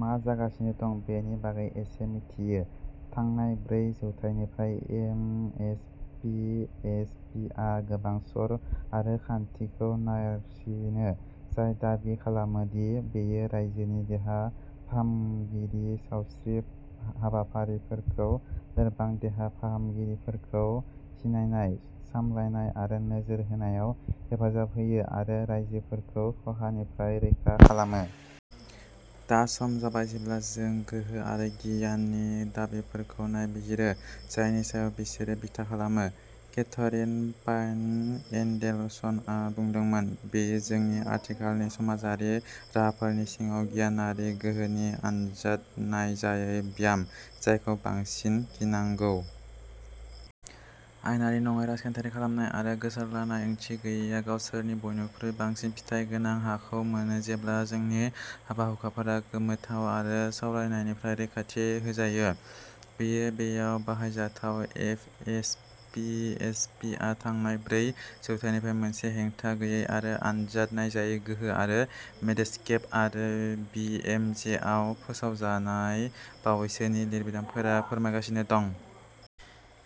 मा जागासिनो दं बेनि बागै एसे मिथियो। थांनाय ब्रै जौथाइनिफ्राय एफ एस पी एच पीआ गोबां सर' आरो खान्थिखौ नारसिनो। जाय दाबि खालामो दि बेयो रायजोनि देहा फाहामगिरि सावस्रि हाबाफारिफोरखौ लोरबां देहा फाहामगिरिफोरखौ सिनायनाय, सामलायनाय आरो नोजोर होनायाव हेफाजाब होयो आरो राइजोफोरखौ खहानिफ्राय रैखा खालामो। दा सम जाबाय जेब्ला जों गोहो आरो गियाननि दाबिफोरखौ नायबिजिरो। जायनि सायाव बिसोरो बिथा खालामो। केथरिन पाइन एडेलसनआ बुंदोंमोन- बेयो जोंनि आथिखालनि समाजारि राहाफोरनि सिङाव गियानारि गोहोनि आनजाद नायजायै ब्याम। जायखौ बांसिन गिनांगौ। आयेनारि नङै राजखान्थियारि खालामनाय आरो गोसारद्लानाय ओंथि गैयैआ गावसोरनि बयनिख्रुइ बांसिन फिथाइ गोनां हाखौ मोनो जेब्ला जोंनि हाबा-हुखाफोरा गोमोथाव आरो सावरायनायनिफ्राय रैखाथि होजायो। बेयो बेयाव बाहायजाथाव। एफ एस पी एच पीआ थांनाय ब्रै जौथाइनिफ्राय मोनसे हेंथा गैयै आरो आनजाद नायजायै गोहो आरो मेडेस्केप आरो बी एम जेआव फोसावजानाय बावैसोनि लिरबिदांफोरा फोरमायगासिनो दं।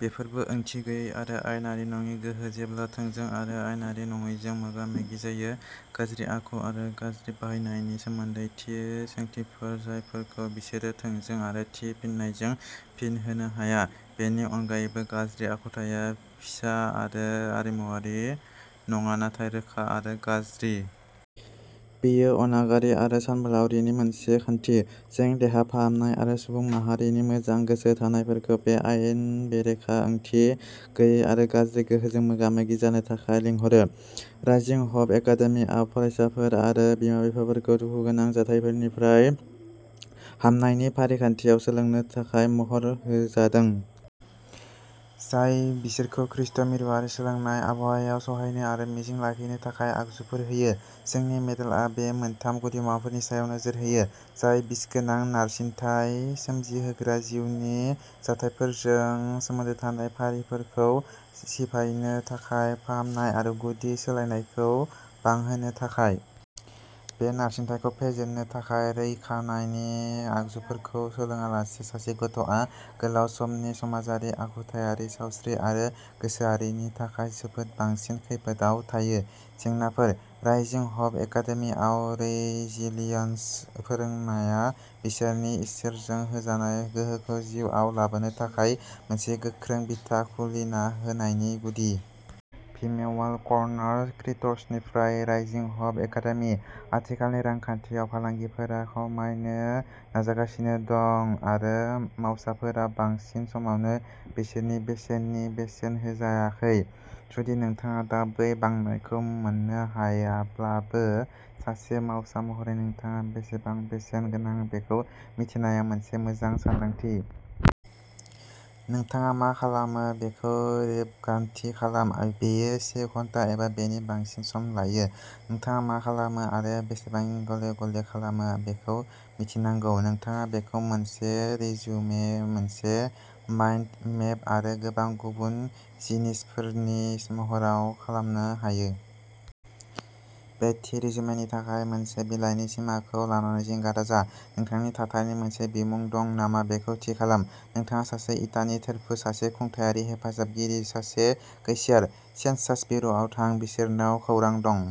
बेफोरबो ओंथि गैयै आरो आयेनारि नङि गोहो। जेब्ला थोंजों आरो आयेनारि नङैजों मोगा-मोगि जायो। गाज्रि आखु आरो गाज्रि बाहायनायनि सोमोन्दै थि सोंथिफोर जायफोरखौ बिसोरो थोंजों आरो थि फिननायजों फिन होनो हाया। बेनि अनगायैबो गाज्रि आखुथाया फिसा आरो आरिमुआरि नङा नाथाय रोखा आरो गाज्रि। बेयो अनागारि आरो सानबोलावरिनि मोनसे खान्थि। जों देहा फाहामनाय आरो सुबुं माहारिनि मोजां गोसो थानायफोरखौ बे आयेन बेरेखा ओंथि गैयै आरो गाज्रि गोहोजों मोगा-मोगि जानो थाखाय लिंहरो। राइजिं हप एकादेमिआ फरायसाफोर आरो बिमा-बिफाफोरखौ दुखुगोनां जाथायफोरनिफ्राय हामनायनि फारिखान्थियाव सोलोंनो थाखाय महर होजादों। जाय बिसोरखौ खृष्ट मिरुआरि सोलोंनाय आबहावायाव सहायनो आरो मिजिं लाखिनो थाखाय आगजुफोर होयो। जोंनि मदेलआ बे मोनथाम गुदिमुवाफोरनि सायाव नोजोर होयो। जाय बिसगोनां नारसिनथाय सोमजिहोग्रा जिउनि जाथायफोरजों सोमोन्दो थानाय फारिफोरखौ सिफायनो थाखाय फाहामनाय आरो गुदि सोलायनायखौ बांहोनो थाखाय। बे नारसिनथायखौ फेजेननो थाखाय रैखानायनि आगजुफोरखौ सोलोंआलासे सासे गथ'आ गोलाव समनि समाजारि, आखुथायारि, सावस्रि आरो गोसोआरिनि थाखाय जोबोद बांसिन खैफोदआव थायो। जेंनाफोर। राइजिं हप एकादेमीआव रैजिलियन्स फोरोंनाया बिसोरनि इसोरजों होजानाय गोहोखौ जिउआव लाबोनो थाखाय मोनसे गोख्रों बिथा खुलिना होनायनि गुदि। भिमेवाव कलनार क्रिएट्सनिफ्राय राइजिं हप एकादेमी। आथिखालनि रांखान्थियाव फालांगिफोरा खमायनो नाजागासिनो दं आरो मावसाफोरा बांसिन समावनो बिसोरनि बेसेननि बेसेन होजायाखै। जुदि नोंथाङा दा बै बांनायखौ मोननो हायाब्लाबो सासे मावसा महरै नोंथाङा बेसेबां बेसेन गोनां बेखौ मिथिनाया मोनसे मोजां सानदांथि। नोंथाङा मा खालामो बेखौ रेबगान्थि खालाम। बेयो से घन्टा एबा बेनि बांसिन सम लायो। नोंथाङा मा खालामो आरो बेसेबां गले गले खालामो बेखौ मिथिनांगौ। नोंथाङा बेखौ मोनसे रिजुमे मोनसे माइन्ड मेप आरो गोबां गुबुन जिनिसफोरनि महराव खालामनो हायो। बे थि रिजुमेनि थाखाय मोनसे बिलाइनि सिमाखौ लानानै जिंगा दाजा। नोंथांनि थाथायनि मोनसे बिमुं दं नामा बेखौ थि खालाम। नोंथाङा सासे इटानि थोरफो सासे खुंथायारि हेफाजाबगिरि, सासे कैशियार। सेनसास बिउर'आव थां। बिसोरनाव खौरां दं।